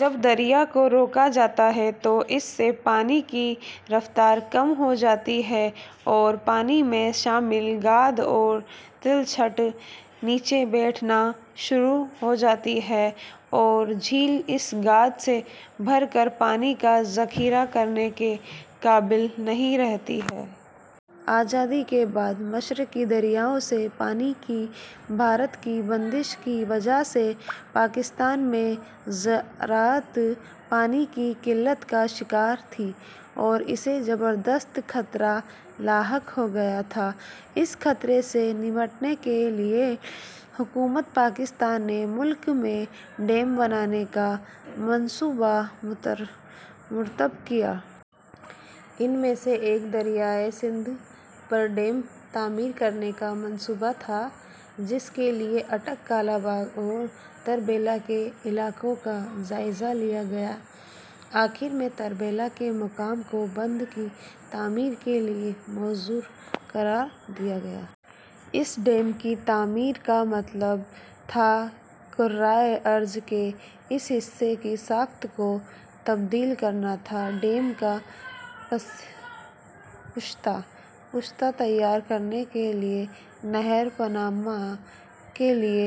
جب دریا کو روکا جاتا ہے تو اس سے پانی کی رفتار کم ہوجاتی ہے اور پانی میں شامل گاد اور تلچھٹ نیچے بیٹھنا شروع ہوجاتی ہے اور جھیل اس گاد سے بھر کر پانی کا ذخیرہ کرنے کے قابل نہیں رہتی ہے۔ آزادی کے بعد مشرقی دریاؤں سے پانی کی بھارت کی بندش کی وجہ سے پاکستان میں زراعت پانی کی قلت کا شکار تھی اور اسے زبردست خطرہ لاحق ہو گیا تھا۔ اس خطرے سے نمٹنے کے لیے حکومت پاکستان نے ملک میں ڈیم بنانے کا منصوبہ مرتب کیا۔ ان میں سے ایک دریائے سندھ پر ڈیم تعمیر کرنے کا منصوبہ تھا۔ جس کے لیے اٹک، کالاباغ اور تربیلا کے علاقوں کا جائزہ لیا گیا۔ آخر ء میں تربیلا کے مقام کو بند کی تعمیر کے لیے موزوں قرار دیا گیا۔ اس ڈیم کی تعمیر کا مطلب تھا کرہ ارض کے اس حصہ کی ساخت کو تبدیل کرنا تھا۔ ڈیم کا پشتہ تیار کرنے کے لیے نہر پانامہ کے لیے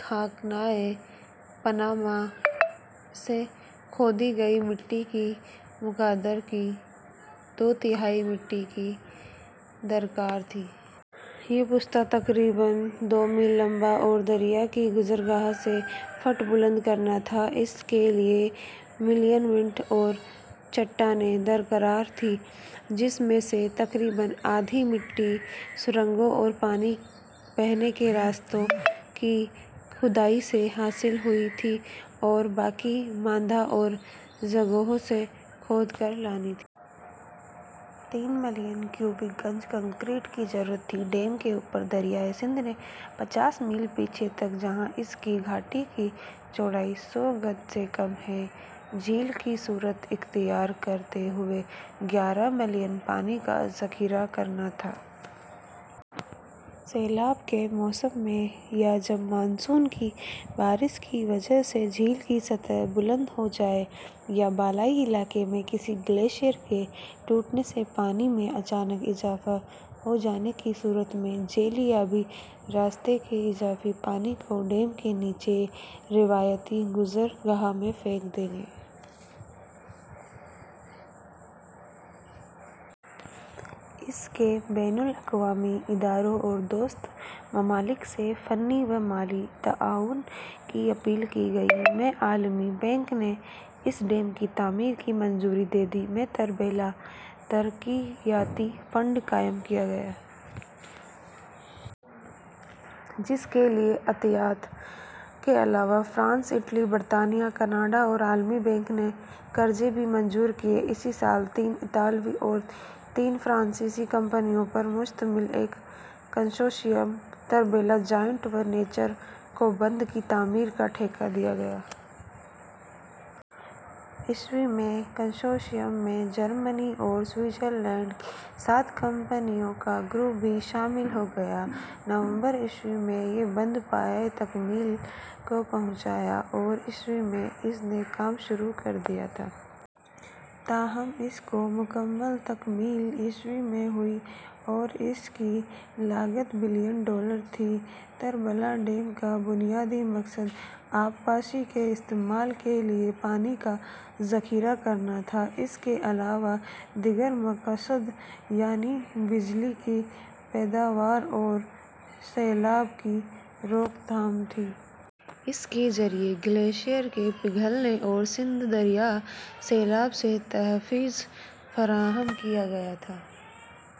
خاکنائے پانامہ سے کھودی گئی مٹی کی مقدار کی دو تہائی مٹی کی درکار تھی۔ یہ پشتہ تقریباً دو میل لمبا اور دریا کی گذر گاہ سے فٹ بلند کرنا تھا۔ اس کے لیے ملین مٹی اور چٹانیں درکار تھیں۔ جس میں سے تقریباً آدھی مٹی سرنگوں اور پانی بہنے کے راستوں کی کھودائی سے حاصل ہونی تھی اور باقی ماندہ اور جگہوں سے کھود کر لانی تھی۔ تین ملین کیوبک گز کنکریٹ کی ضرورت تھی۔ ڈیم کے اوپر دریائے سندھ نے پچاس میل پیچھے تک جہاں اس کی گھاٹی کی چورائی سو گز سے کم ہے جھیل کی صورت اختیار کرتے ہوئے گیارہ ملین پانی کا ذخیرہ کرنا تھا۔ سیلاب کے موسم میں یا جب مون سون بارش کی وجہ سے جھیل کی سطح بلند ہوجائے یا بالائی علاقہ میں کسی گلیشر کے ٹوٹنے سے پانی میں اچانک اضافہ ہوجانے کی صورت میں ذیلی آبی راستے کے اضافی پانی کو ڈیم کے نیچے روایتی گزرگاہ میں پھینک دیں گے۔ اس کے لیے بین الاقوامی اداروں اور دوست ممالک سے فنی و مالی تعاون کی اپیل کی گئی۔ ء میں عالمی بینک نے اس ڈیم کی تعمیر کی منظوری دے دی۔ ء میں تربیلا ترقیاتی فنڈ قائم کیا گیا۔ جس کے لیے عطیات کے علاوہ فرانس، اٹلی، برطانیہ، کینڈا اور عالمی بینک نے قرضے بھی منظور کیے۔ اسی سال تین اطالوی اور تین فرانسیسی کمپنیوں پر مشتمل ایک consortium Tarbela joint venture کو بند کی تعمیر کا ٹھیکا دیا گیا۔ ء میں کنسورشیم میں جرمنی اور سوءٹزرلینڈ کی سات کمپنیوں کا گروپ بھی شامل ہو گیا۔ نومبر ء میں یہ بند پایہَ تکمیل کو پہنچا اور ء میں اس نے کام شروع کر دیا تھا۔ تاہم اس کو مکمل تکمیل ء میں ہوئی اور اس کی لاگت بلین ڈالر تھی۔ تربلا ڈیم کا بنیادی مقصد آبپاشی کے استعمال کے لیے پانی کا ذخیرہ کرنا تھا۔ اس کے علاوہ دیگر مقاصد یعنی بجلی کی پیداوار اور سیلاب کی روک تھام تھی۔ اس کے ذریعہ گلیشر کے پگھلنے اور سندھ دریا سیلاب سے تحفظ فراہم کیا گیا تھا۔